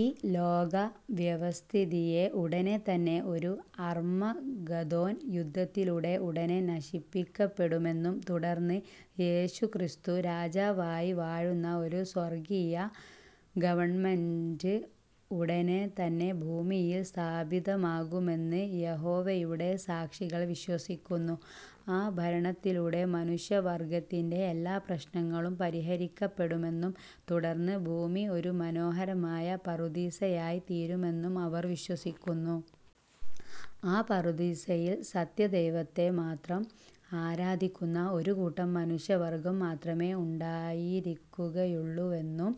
ഈ ലോക വ്യവസ്ഥിതിയെ ഉടനെ തന്നെ ഒരു അർമ്മഗദോൻ യുദ്ധത്തിലൂടെ ഉടനെ നശിപ്പിക്കപ്പെടുമെന്നും, തുടർന്ന് യേശുക്രിസ്തു രാജാവായി വാഴുന്ന ഒരു സ്വർഗീയ ഗവണ്മെന്റ് ഉടനെ തന്നെ ഭൂമിയിൽ സ്ഥാപിതമാകുമെന്ന് യഹോവയുടെ സാക്ഷികൾ വിശ്വസിക്കുന്നു. ആ ഭരണത്തിലൂടെ മനുഷ്യവർഗ്ഗത്തിന്റെ എല്ലാ പ്രശ്നങ്ങളും പരിഹരിക്കപ്പെടുമെന്നും, തുടർന്ന് ഭൂമി ഒരു മനോഹരമായ പറുദീസയായി തീരുമെന്നും അവർ വിശ്വസിക്കുന്നു. ആ പറുദീസയിൽ സത്യദൈവത്തെ മാത്രം ആരാധിക്കുന്ന ഒരു കൂട്ടം മനുഷ്യവർഗ്ഗം മാത്രമേ ഉണ്ടായിരിക്കുകയുള്ളുവെന്നും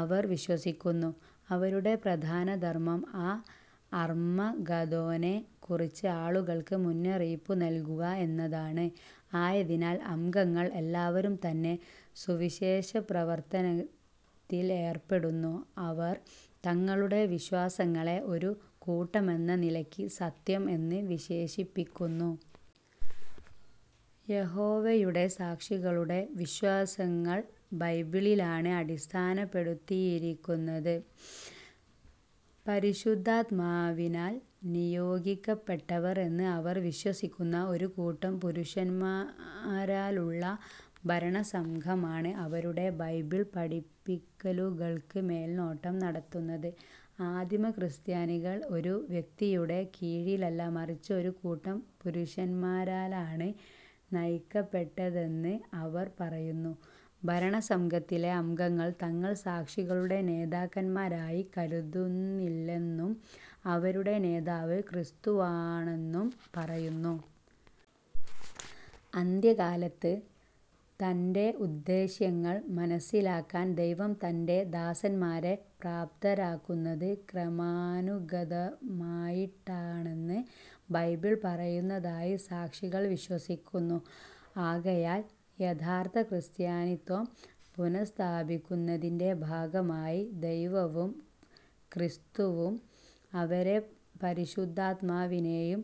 അവർ വിശ്വസിക്കുന്നു. അവരുടെ പ്രധാന ധർമ്മം ആ അർമ്മഗദോനെ കുറിച്ച് ആളുകൾക്ക് മുന്നറിയിപ്പു നൽകുക എന്നതാണ്. ആയതിനാൽ അംഗങ്ങൾ എല്ലാവരും തന്നെ സുവിശേഷപ്രവർത്തനത്തിൽ ഏർപ്പെടുന്നു. അവർ തങ്ങളുടെ വിശ്വാസങ്ങളെ ഒരു കൂട്ടമെന്ന നിലയ്ക്ക് "സത്യം" എന്ന് വിശേഷിപ്പിക്കുന്നു. യഹോവയുടെ സാക്ഷികളുടെ വിശ്വാസങ്ങൾ ബൈബിളിലാണ് അടിസ്ഥാനപ്പെടുത്തിയിരിക്കുന്നത്. പരിശുദ്ധാത്മാവിനാൽ നിയോഗിക്കപ്പെട്ടവർ എന്ന് അവർ വിശ്വസിക്കുന്ന ഒരു കൂട്ടം പുരുഷന്മാരാലുള്ള ഭരണസംഘമാണ് അവരുടെ ബൈബിൾ പഠിപ്പിക്കലുകൾക്ക് മേൽനോട്ടം നടത്തുന്നത്. ആദിമ ക്രിസ്ത്യാനികൾ ഒരു വ്യക്തിയുടെ കീഴിലല്ല മറിച്ച് ഒരു കൂട്ടം പുരുഷന്മാരാലാണ് നയിക്കപ്പെട്ടതെന്ന് അവർ പറയുന്നു. ഭരണസംഘത്തിലെ അംഗങ്ങൾ തങ്ങൾ സാക്ഷികളുടെ നേതാക്കന്മാരായി കരുതുന്നില്ലെന്നും, അവരുടെ നേതാവ് ക്രിസ്തുവാണെന്നും പറയുന്നു. അന്ത്യകാലത്ത് തന്റെ ഉദ്ദേശ്യങ്ങൾ മനസ്സിലാക്കാൻ ദൈവം തന്റെ ദാസന്മാരെ പ്രാപ്തരാക്കുന്നത് ക്രമാനുഗതമായിട്ടാണെന്ന് ബൈബിൾ പറയുന്നതായി സാക്ഷികൾ വിശ്വസിക്കുന്നു. ആകയാൽ യഥാർത്ഥ ക്രിസ്ത്യാനിത്വം പുനസ്ഥാപിക്കുന്നതിന്റെ ഭാഗമായി ദൈവവും, ക്രിസ്തുവും അവരെ പരിശുദ്ധാത്മാവിനെയും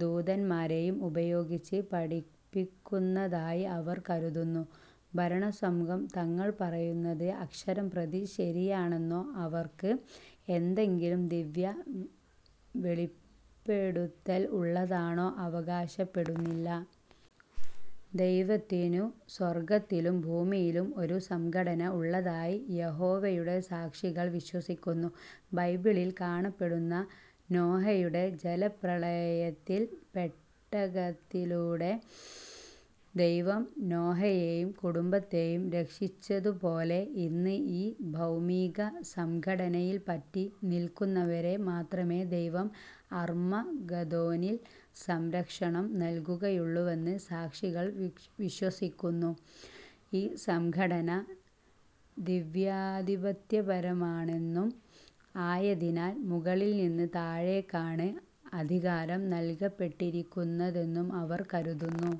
ദൂതന്മാരെയും ഉപയോഗിച്ച് പഠിപ്പിക്കുന്നതായി അവർ കരുതുന്നു. ഭരണസംഘം തങ്ങൾ പറയുന്നത് അക്ഷരം പ്രതി ശരിയാണെന്നോ അവർക്ക് എന്തെങ്കിലും ദിവ്യ വെളിപ്പെടുത്തൽ ഉള്ളതായോ അവകാശപ്പെടുന്നില്ല. ദൈവത്തിനു സ്വർഗ്ഗത്തിലും ഭൂമിയിലും ഒരു സംഘടന ഉള്ളതായി യഹോവയുടെ സാക്ഷികൾ വിശ്വസിക്കുന്നു. ബൈബിളിൽ കാണപ്പെടുന്ന നോഹയുടെ ജലപ്രളയത്തിൽ പെട്ടകത്തിലൂടെ ദൈവം നോഹയെയും കുടുംബത്തെയും രക്ഷിച്ചതു പോലെ, ഇന്ന് ഈ ഭൗമീക സംഘടനയിൽ പറ്റി നിൽക്കുന്നവരെ മാത്രമേ ദൈവം അർമ്മഗദോനിൽ സംരക്ഷണം നൽകുകയുള്ളുവെന്ന് സാക്ഷികൾ വിശ്വസിക്കുന്നു. ഈ സംഘടന ദിവ്യാദിപത്യപരമാണെന്നും ആയതിനാൽ മുകളിൽ നിന്ന് താഴേക്കാണ് അധികാരം നൽകപ്പെട്ടിരിക്കുന്നതെന്നും അവർ കരുതുന്നു.